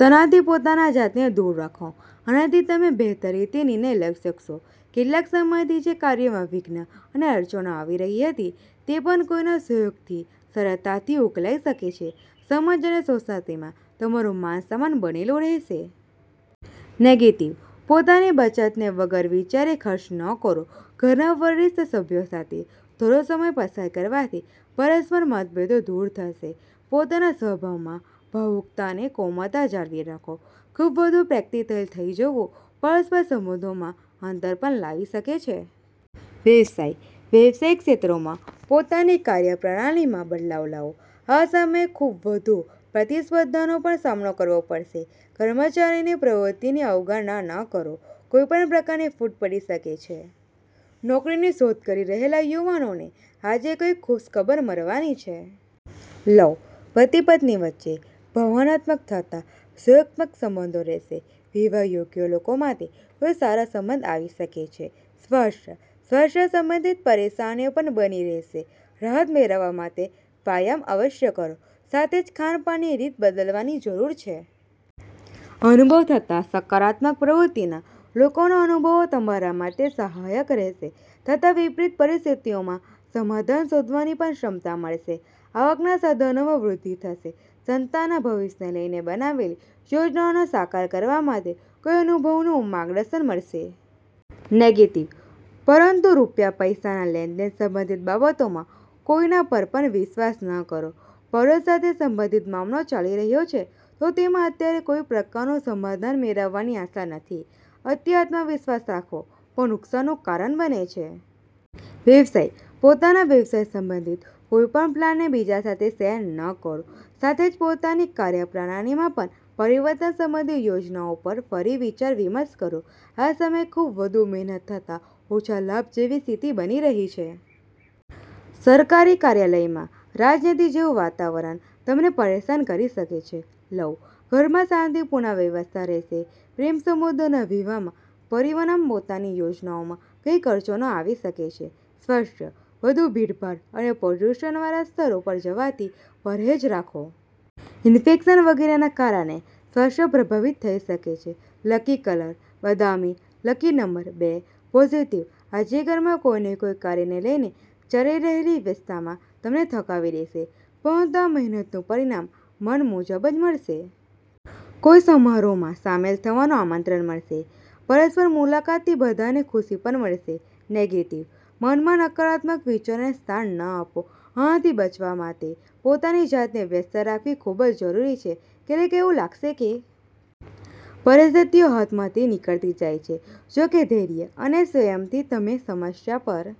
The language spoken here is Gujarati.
તણાવથી પોતાની જાતને દૂર રાખો, આનાથી તમે બહેતર રીતે નિર્ણય લઈ શકશો. કેટલાક સમયથી જે કાર્યોમાં વિઘ્ન અને અડચણો આવી રહી હતી, તે પણ કોઈના સહયોગથી સરળતાથી ઉકેલાઈ શકે છે. સમાજ અને સોસાયટીમાં તમારું માન-સન્માન બનેલું રહેશે. નેગેટિવ:- પોતાની બચતને વગર વિચાર્યે ખર્ચ ન કરો. ઘરના વરિષ્ઠ સભ્યો સાથે થોડો સમય પસાર કરવાથી પરસ્પર મતભેદો દૂર થશે. પોતાના સ્વભાવમાં ભાવુકતા અને કોમળતા જાળવી રાખો. ખૂબ વધુ પ્રેક્ટિકલ થઈ જવું પરસ્પર સંબંધોમાં અંતર પણ લાવી શકે છે. વ્યવસાય:- વ્યાવસાયિક ક્ષેત્રમાં પોતાની કાર્યપ્રણાલીમાં બદલાવ લાવો. આ સમયે ખૂબ વધુ પ્રતિસ્પર્ધાનો પણ સામનો કરવો પડશે. કર્મચારીઓની પ્રવૃત્તિઓની અવગણના ન કરો, કોઈ પ્રકારની ફૂટ પડી શકે છે. નોકરીની શોધ કરી રહેલા યુવાનોને આજે કોઈ ખુશખબર મળવાની છે. લવ:- પતિ-પત્ની વચ્ચે ભાવનાત્મક તથા સહયોગાત્મક સંબંધો રહેશે. વિવાહ યોગ્ય લોકો માટે કોઈ સારો સંબંધ આવી શકે છે. સ્વાસ્થ્ય:- સ્વાસ્થ્ય સંબંધિત પરેશાનીઓ પણ બનેલી રહેશે. રાહત મેળવવા માટે વ્યાયામ અવશ્ય કરો, સાથે જ ખાનપાનની રીત બદલવાની જરૂર છે. અનુભવી તથા સકારાત્મક પ્રવૃત્તિના લોકોના અનુભવો તમારા માટે સહાયક રહેશે તથા વિપરીત પરિસ્થિતિઓમાં સમાધાન શોધવાની પણ ક્ષમતા મળશે. આવકના સાધનોમાં વૃદ્ધિ થશે. સંતાનના ભવિષ્યને લઈને બનાવેલી યોજનાઓને સાકાર કરવા માટે કોઈ અનુભવીનું માર્ગદર્શન મળશે. નેગેટિવ:- પરંતુ રૂપિયા-પૈસાના લેણ-દેણ સંબંધિત બાબતોમાં કોઈના પર પણ વિશ્વાસ ન કરો. પાડોશ સાથે સંબંધિત મામલો ચાલી રહ્યો છે, તો તેમાં અત્યારે કોઈ પ્રકારનું સમાધાન મળવાની આશા નથી. અતિ આત્મવિશ્વાસ રાખવો પણ નુકસાનનું કારણ બને છે. વ્યવસાય:- પોતાના વ્યવસાય સંબંધિત કોઈ પણ પ્લાનને બીજા સાથે શેર ન કરો. સાથે જ પોતાની કાર્યપ્રણાલીમાં પણ પરિવર્તન સંબંધિત યોજનાઓ પર ફરી વિચાર-વિમર્શ કરો. આ સમયે ખૂબ વધુ મહેનત તથા ઓછા લાભ જેવી સ્થિતિ બની રહી છે. સરકારી કાર્યાલયમાં રાજનીતિ જેવું વાતાવરણ તમને પરેશાન કરી શકે છે. લવ:- ઘરમાં શાંતિપૂર્ણ વ્યવસ્થા રહેશે. પ્રેમ સંબંધોને વિવાહમાં પરિણમવા માટેની યોજનાઓમાં કંઈક અડચણો આવી શકે છે. સ્વાસ્થ્ય:- વધુ ભીડભાડ અને પોલ્યુશનવાળા સ્થળો પર જવાથી પરહેજ રાખો. ઈન્ફેક્શન વગેરેના કારણે સ્વાસ્થ્ય પ્રભાવિત થઈ શકે છે. લકી કલર- બદામી, લકી નંબર- બે. પોઝિટિવ:- આજે ઘરમાં કોઈ ને કોઈ કાર્યને લઈને ચાલી રહેલી વ્યસ્તતા તમને થકવી દેશે, પરંતુ આ મહેનતનું પરિણામ મન મુજબ જ મળશે. કોઈ સમારોહમાં સામેલ થવાનું આમંત્રણ મળશે, પરસ્પર મુલાકાતથી બધાને ખુશી પણ મળશે. નેગેટિવ:- મનમાં નકારાત્મક વિચારોને સ્થાન ન આપો. આનાથી બચવા માટે પોતાની જાતને વ્યસ્ત રાખવી ખૂબ જરૂરી છે. ક્યારેક એવું લાગશે કે પરિસ્થિતિઓ હાથમાંથી નીકળતી જાય છે, જોકે ધૈર્ય અને સંયમથી તમે સમસ્યા પર